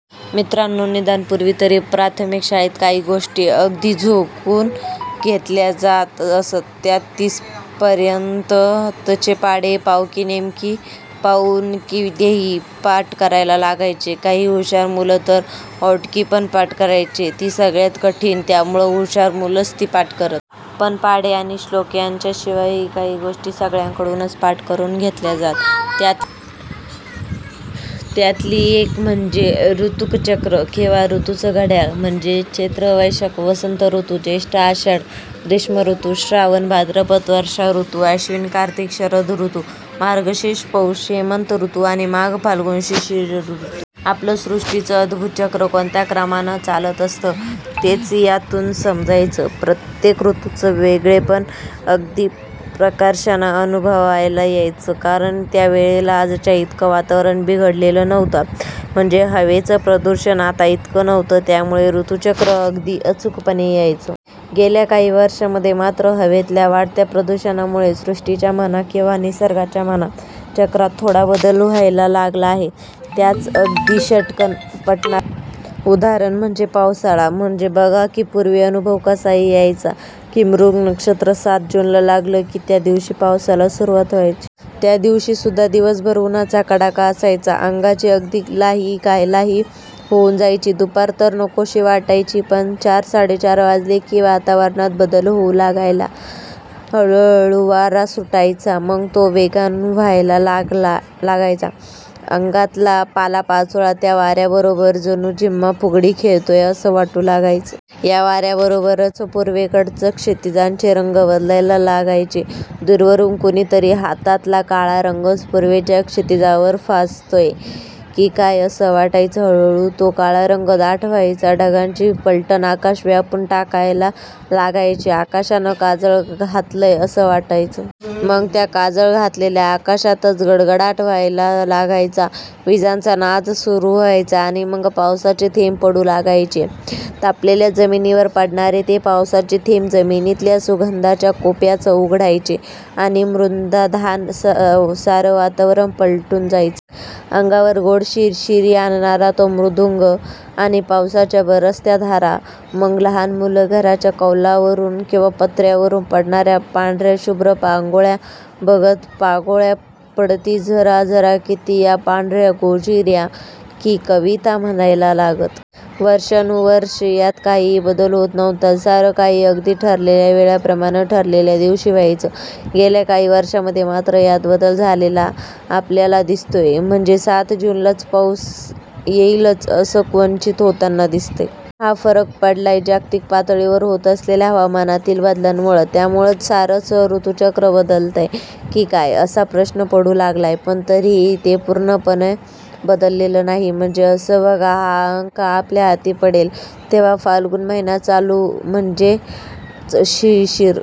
मित्रांनो, निदान पूर्वीतरी प्राथमिक शाळेत काही गोष्टी अगदी घोकून घेतल्या जात असत. त्यात तीसपर्यंतचे पाढे, पावकी, निमकी, पाऊणकी हेही पाठ करायला लागायचे. काही हुशार मुलं तर औटकीपण पाठ करायचे. ती सगळ्यात कठीण, त्यामुळं हुशार मुलंच ती पाठ करत. पण पाढे आणि श्लोक यांच्याशिवायही काही गोष्टी सगळ्यांकडूनच पाठ करून घेतल्या जात. त्यातली एक म्हणजे ऋतुचक्र! किंवा ऋतूंचं घड्याळ!! म्हणजे चैत्र-वैशाख वसंत ऋतू, ज्येष्ठ-आषाढ ग्रीष्म ऋतू, श्रावण-भाद्रपद वर्षा ऋतू, आश्विन-कार्तिक शरद ऋतू, मार्गशीर्ष-पौष हेमंत ऋतू आणि माघ-फाल्गुन शिशिर ऋतू! आपलं सृष्टीचं अद्भुत चक्र कोणत्या क्रमानं चालत असतं, तेच यातून समजायचं. प्रत्येक ऋतूचं वेगळेपण अगदी प्रकर्षानं अनुभवायला यायचं; कारण त्यावेळेला आजच्या इतकं वातावरण बिघडलेलं नव्हतं. म्हणजे हवेचं प्रदूषण आता इतकं नव्हतं. त्यामुळं ऋतुचक्र अगदी अचूकपणं यायचं. गेल्या काही वर्षांमध्ये मात्र हवेतल्या वाढत्या प्रदूषणामुळं सृष्टीच्या म्हणा किंवा निसर्गाच्या म्हणा, चक्रात थोडा बदल व्हायला लागला आहे. त्याचं अगदी चटकन पटणारं उदाहरण म्हणजे पावसाळा! म्हणजे बघा की पूर्वी अनुभव असा यायचा की मृग नक्षत्र सात जूनला लागलं की त्या दिवशी पावसाला सुरुवात व्हायची. त्या दिवशीसुद्धा दिवसभर उन्हाचा कडाका असायचा. अंगाची अगदी लाही लाही होऊन जायची. दुपार तर नकोशी वाटायची. पण चार-साडेचार वाजले की वातावरणात बदल होऊ लागायचा. हळूहळू वारा सुटायचा. मग तो वेगानं वहायला लागायचा. अंगणातला पालापाचोळा त्या वाऱ्याबरोबर जणू झिम्मा-फुगडी खेळतोय असं वाटू लागायचं. त्या वाऱ्याबरोबरच पूर्वेकडचं क्षितिजाचे रंग बदलायला लागायचे. दूरवरून कोणीतरी हातातला काळा रंगच पूर्वेच्या क्षितिजावर फासतोय की काय असं वाटायचं. हळूहळू तो काळा रंग दाट व्हायचा. ढगांची फलटण आकाश व्यापून टाकायला लागायची. आकाशानं काजळ घातलंय असंच वाटायचं. मग त्या काजळ घातलेल्या आकाशातच गडगडाट व्हायला लागायचा. विजांचा नाच सुरू व्हायचा आणि मग पावसाचे थेंब पडू लागायचे. तापलेल्या जमिनीवर पडणारे ते पावसाचे थेंब जमिनीतल्या सुगंधाच्या कुप्याच उघडायचे आणि मृद्गंधानं सारं वातावरण पालटून जायचं... अंगावर गोड शिरशिरी आणणारा तो मृद्गंध आणि पावसाच्या बरसत्या धारा... मग लहान मुलं घराच्या कौलांवरून किंवा पत्र्यावरून पडणाऱ्या पांढऱ्या शुभ्र पागोळ्या बघत 'पागोळ्या पडती झराझर किती या पांढऱ्या गोजिऱ्या...' ही कविता म्हणायला लागत. वर्षानुवर्षं यात काहीही बदल होत नव्हता. सारं काही अगदी ठरलेल्या वेळेप्रमाणं, ठरलेल्या दिवशी, व्हायचं. गेल्या काही वर्षांमध्ये मात्र यात बदल झालेला आपल्याला दिसतोय. म्हणजे सात जूनलाच पहिला पाऊस येईलच, असं क्वचितच होताना दिसतंय. हा फरक पडलाय जागतिक पातळीवर होत असलेल्या हवामानातील बदलामुळं! त्यामुळंच सारंच ऋतुचक्र बदलतंय की काय असा प्रश्न पडू लागलाय. पण तरीही ते पूर्णपणं बदललेलं नाही. म्हणजे असं बघा, हा अंक आपल्या हाती पडेल, तेव्हा फाल्गुन महिना चालू असेल. म्हणजेच शिशिर